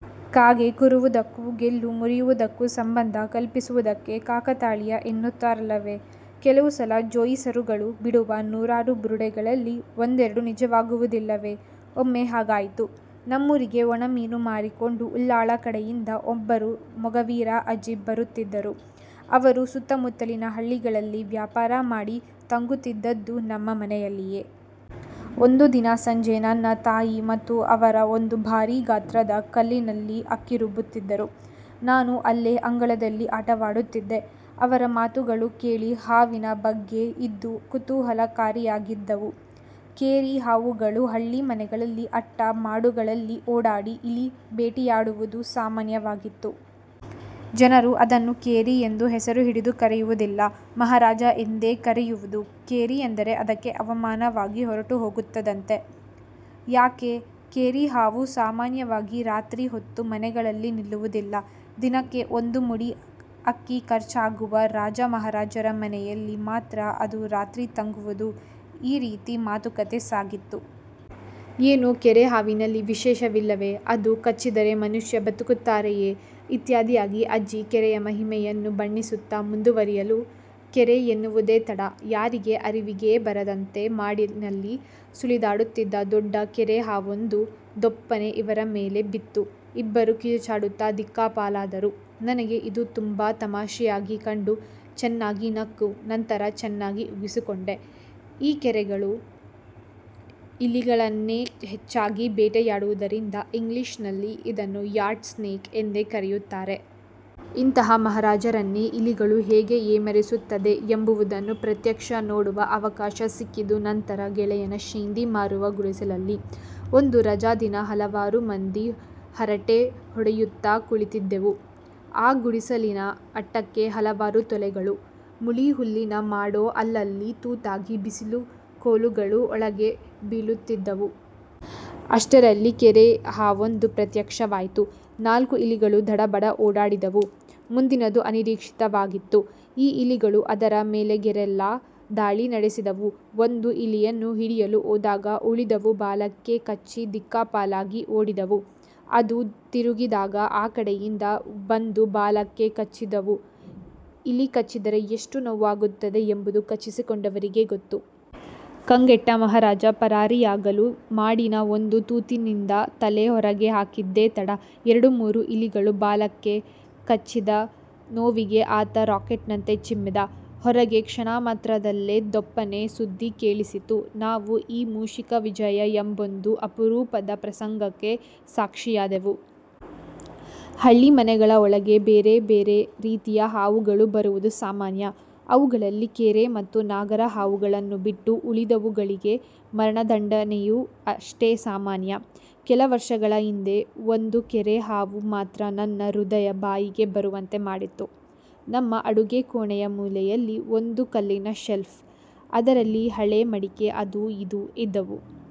ಕಾಗೆ ಕೂರುವುದಕ್ಕೂ ಗೆಲ್ಲು ಮುರಿಯುವುದಕ್ಕೂ ಸಂಬಂಧ ಕಲ್ಪಿಸುವುದಕ್ಕೆ ಕಾಕತಾಳೀಯ ಎನ್ನುತ್ತಾರಲ್ಲವೇ? ಕೆಲವು ಸಲ ಜೋಯಿಸರುಗಳು ಬಿಡುವ ನೂರಾರು ಬುರುಡೆಗಳಲ್ಲಿ ಒಂದೆರಡು ನಿಜವಾಗುವುದಿಲ್ಲವೇ? ಒಮ್ಮೆ ಹಾಗಾಯಿತು. ನಮ್ಮೂರಿಗೆ ಒಣಮೀನು ಮಾರಿಕೊಂಡು ಉಳ್ಳಾಲ ಕಡೆಯಿಂದ ಒಬ್ಬರು ಮೊಗವೀರ ಅಜ್ಜಿ ಬರುತ್ತಿದ್ದರು. ಅವರು ಸುತ್ತಮುತ್ತಲಿನ ಹಳ್ಳಿಗಳಲ್ಲಿ ವ್ಯಾಪಾರ ಮಾಡಿ ತಂಗುತ್ತಿದ್ದದ್ದು ನಮ್ಮ ಮನೆಯಲ್ಲೇ. ಒಂದು ದಿನ ಸಂಜೆ ನನ್ನ ತಾಯಿ ಮತ್ತು ಅವರು ಒಂದು ಭಾರೀ ಗಾತ್ರದ ಕಲ್ಲಿನಲ್ಲಿ ಅಕ್ಕಿ ರುಬ್ಬುತ್ತಿದ್ದರು. ನಾನು ಅಲ್ಲೇ ಅಂಗಳದಲ್ಲಿ ಆಟವಾಡುತ್ತಿದ್ದೆ. ಅವರ ಮಾತುಗಳು ಕೇರೆ ಹಾವಿನ ಬಗ್ಗೆ ಇದ್ದು ಕುತೂಹಲಕಾರಿಯಾಗಿದ್ದವು. ಕೇರೆ ಹಾವುಗಳು ಹಳ್ಳಿ ಮನೆಗಳಲ್ಲಿ ಅಟ್ಟ, ಮಾಡುಗಳಲ್ಲಿ ಓಡಾಡಿ ಇಲಿ ಬೇಟೆಯಾಡುವುದು ಸಾಮಾನ್ಯವಾಗಿತ್ತು. ಜನರು ಅದನ್ನು 'ಕೇರೆ' ಎಂದು ಹೆಸರು ಹಿಡಿದು ಕರೆಯುವುದಿಲ್ಲ-'ಮಹಾರಾಜ' ಎಂದೇ ಕರೆಯುವುದು 'ಕೇರೆ' ಎಂದರೆ ಅದಕ್ಕೆ ಅವಮಾನವಾಗಿ ಹೊರಟು ಹೋಗತ್ತದಂತೆ. ಯಾಕೆ? ಕೇರೆ ಹಾವು ಸಾಮಾನ್ಯವಾಗಿ ರಾತ್ರಿ ಹೊತ್ತು ಮನೆಗಳಲ್ಲಿ ನಿಲ್ಲುವುದಿಲ್ಲ. ದಿನಕ್ಕೆ ಒಂದು ಮುಡಿ ಅಕ್ಕಿ ಖರ್ಚಾಗುವ ರಾಜ-ಮಹಾರಾಜರ ಮನೆಯಲ್ಲಿ ಮಾತ್ರ ಅದು ರಾತ್ರಿ ತಂಗುವುದು ಈ ರೀತಿ ಮಾತುಕತೆ ಸಾಗಿತ್ತು. ''ಏನು ಕೇರೆ ಹಾವಿನಲ್ಲಿ ವಿಷವಿಲ್ಲವೇ? ಅದು ಕಚ್ಚಿದರೆ ಮನುಷ್ಯ ಬದುಕುತ್ತಾರೆಯೇ? '' ಇತ್ಯಾದಿಯಾಗಿ ಅಜ್ಜಿ ಕೇರೆಯ ಮಹಿಮೆಯನ್ನು ಬಣ್ಣಿಸುತ್ತಾ, ಮುಂದುವರಿಯಲು ''ಕೇರೆ'' ಎನ್ನುವುದೇ ತಡ ಯಾರಿಗೂ ಅರಿವಿಗೇ ಬರದಂತೆ ಮಾಡಿನಲ್ಲಿ ಸುಳಿದಾಡುತ್ತಿದ್ದ ದೊಡ್ಡ ಕೇರೆ ಹಾವೊಂದು ದೊಪ್ಪನೆ ಇವರ ಮೇಲೆಯೇ ಬಿತ್ತು ಇಬ್ಬರೂ ಕಿರುಚಾಡುತ್ತಾ ದಿಕ್ಕಾಪಾಲಾದರು ನನಗೆ ಇದು ತುಂಬಾ ತಮಾಷೆಯಾಗಿ ಕಂಡು ಚೆನ್ನಾಗಿ ನಕ್ಕು ನಂತರ ಚೆನ್ನಾಗಿ ಉಗಿಸಿಕೊಂಡೆ ಈ ಕೇರೆಗಳು ಇಲಿಗಳನ್ನೇ ಹೆಚ್ಚಾಗಿ ಬೇಟೆಯಾಡುವುದರಿಂದ ಇಂಗ್ಲಿಷ್ ನಲ್ಲಿ ಇದನ್ನು 'ರ್ಯಾಟ್ ಸ್ನೇಕ್' ಎಂದೇ ಕರೆಯುತ್ತಾರೆ. ಇಂತಹ 'ಮಹಾರಾಜ'ರನ್ನೇ ಇಲಿಗಳು ಹೇಗೆ ಏಮಾರಿಸುತ್ತದೆ ಎಂಬುವುದನ್ನು ಪ್ರತ್ಯಕ್ಷ ನೋಡುವ ಅವಕಾಶ ಸಿಕ್ಕಿದ್ದು ನಂತರ ಗೆಳೆಯನ ಶೇಂದಿ ಮಾರುವ ಗುಡಿಸಲಲ್ಲಿ. ಒಂದು ರಜಾ ದಿನ ಹಲವಾರು ಮಂದಿ ಹರಟೆ ಹೊಡೆಯುತ್ತಾ ಕುಳಿತ್ತಿದ್ದೆವು. ಆ ಗುಡಿಸಲಿನ ಅಟ್ಟಕ್ಕೆ ಹಲವಾರು ತೊಲೆಗಳು. ಮುಳಿ ಹುಲ್ಲಿನ ಮಾಡೋ ಅಲ್ಲಲ್ಲಿ ತೂತಾಗಿ ಬಿಸಿಲು ಕೋಲುಗಳು ಒಳಗೆ ಬೀಳುತ್ತಿದ್ದವು. ಅಷ್ಟರಲ್ಲಿ ಕೇರೆ ಹಾವೊಂದು ಪ್ರತ್ಯಕ್ಷವಾಯಿತು. ನಾಲ್ಕು ಇಲಿಗಳು ದಡಬಡ ಓಡಾಡಿದವು. ಮುಂದಿನದ್ದು ಅನಿರೀಕ್ಷಿತವಾಗಿತ್ತು. ಈ ಇಲಿಗಳು ಅದರ ಮೇಲೆ ಗೆರಿಲ್ಲಾ ದಾಳಿ ನಡೆಸಿದವು ಒಂದು ಇಲಿಯನ್ನು ಹಿಡಿಯಲು ಹೋದಾಗ ಉಳಿದವು ಬಾಲಕ್ಕೆ ಕಚ್ಚಿ ದಿಕ್ಕಾಪಾಲಾಗಿ ಓಡುವುದು. ಅದು ತಿರುಗಿದಾಗ ಆ ಕಡೆಯಿಂದ ಬಂದು ಬಾಲಕ್ಕೆ ಕಚ್ಚುವುದು ಇಲಿ ಕಚ್ಚಿದರೆ ಎಷ್ಟು ನೋವಾಗುತ್ತದೆ ಎಂಬುವುದು ಕಚ್ಚಿಸಿಕೊಂಡವರಿಗೇ ಗೊತ್ತು! ಕಂಗೆಟ್ಟ 'ಮಹಾರಾಜ' ಪರಾರಿಯಾಗಲು ಮಾಡಿನ ಒಂದು ತೂತಿನಿಂದ ತಲೆ ಹೊರಗೆ ಹಾಕಿದ್ದೇ ತಡ ಎರಡು ಮೂರು ಇಲಿಗಳು ಬಾಲಕ್ಕೆ ಕಚ್ಚಿದ ನೋವಿಗೆ ಆತ ರಾಕೆಟ್ನಂತೆ ಚಿಮ್ಮಿದ! ಹೊರಗೆ ಕ್ಷಣ ಮಾತ್ರದಲ್ಲಿ ದೊಪ್ಪನೇ ಸದ್ದು ಕೇಳಿಸಿತು ನಾವು ಈ 'ಮೂಷಿಕ ವಿಜಯ' ಎಂಬೊಂದು ಅಪರೂಪದ ಪ್ರಸಂಗಕ್ಕೆ ಸಾಕ್ಷಿಯಾದೆವು. ಹಳ್ಳಿ ಮನೆಗಳ ಒಳಗೆ ಬೇರೆ ಬೇರೆ ರೀತಿಯ ಹಾವುಗಳು ಬರುವುದು ಸಾಮಾನ್ಯ. ಅವುಗಳಲ್ಲಿ ಕೇರೆ ಮತ್ತು ನಾಗರ ಹಾವುಗಳನ್ನು ಬಿಟ್ಟು ಉಳಿದವುಗಳಿಗೆ ಮರಣದಂಡನೆಯೂ ಅಷ್ಟೇ ಸಾಮಾನ್ಯ. ಕೆಲವರ್ಷಗಳ ಹಿಂದೆ ಒಂದು ಕೇರೆ ಹಾವು ಮಾತ್ರ ನನ್ನ ಹೃದಯ ಬಾಯಿಗೆ ಬರುವಂತೆ ಮಾಡಿತ್ತು. ನಮ್ಮ ಅಡುಗೆ ಕೋಣೆಯ ಮೂಲೆಯಲ್ಲಿ ಒಂದು ಕಲ್ಲಿನ ಶೆಲ್ಫ್. ಅದರಲ್ಲಿ ಹಳೆ ಮಡಕೆ ಅದೂ ಇದೂ ಇದ್ದವು.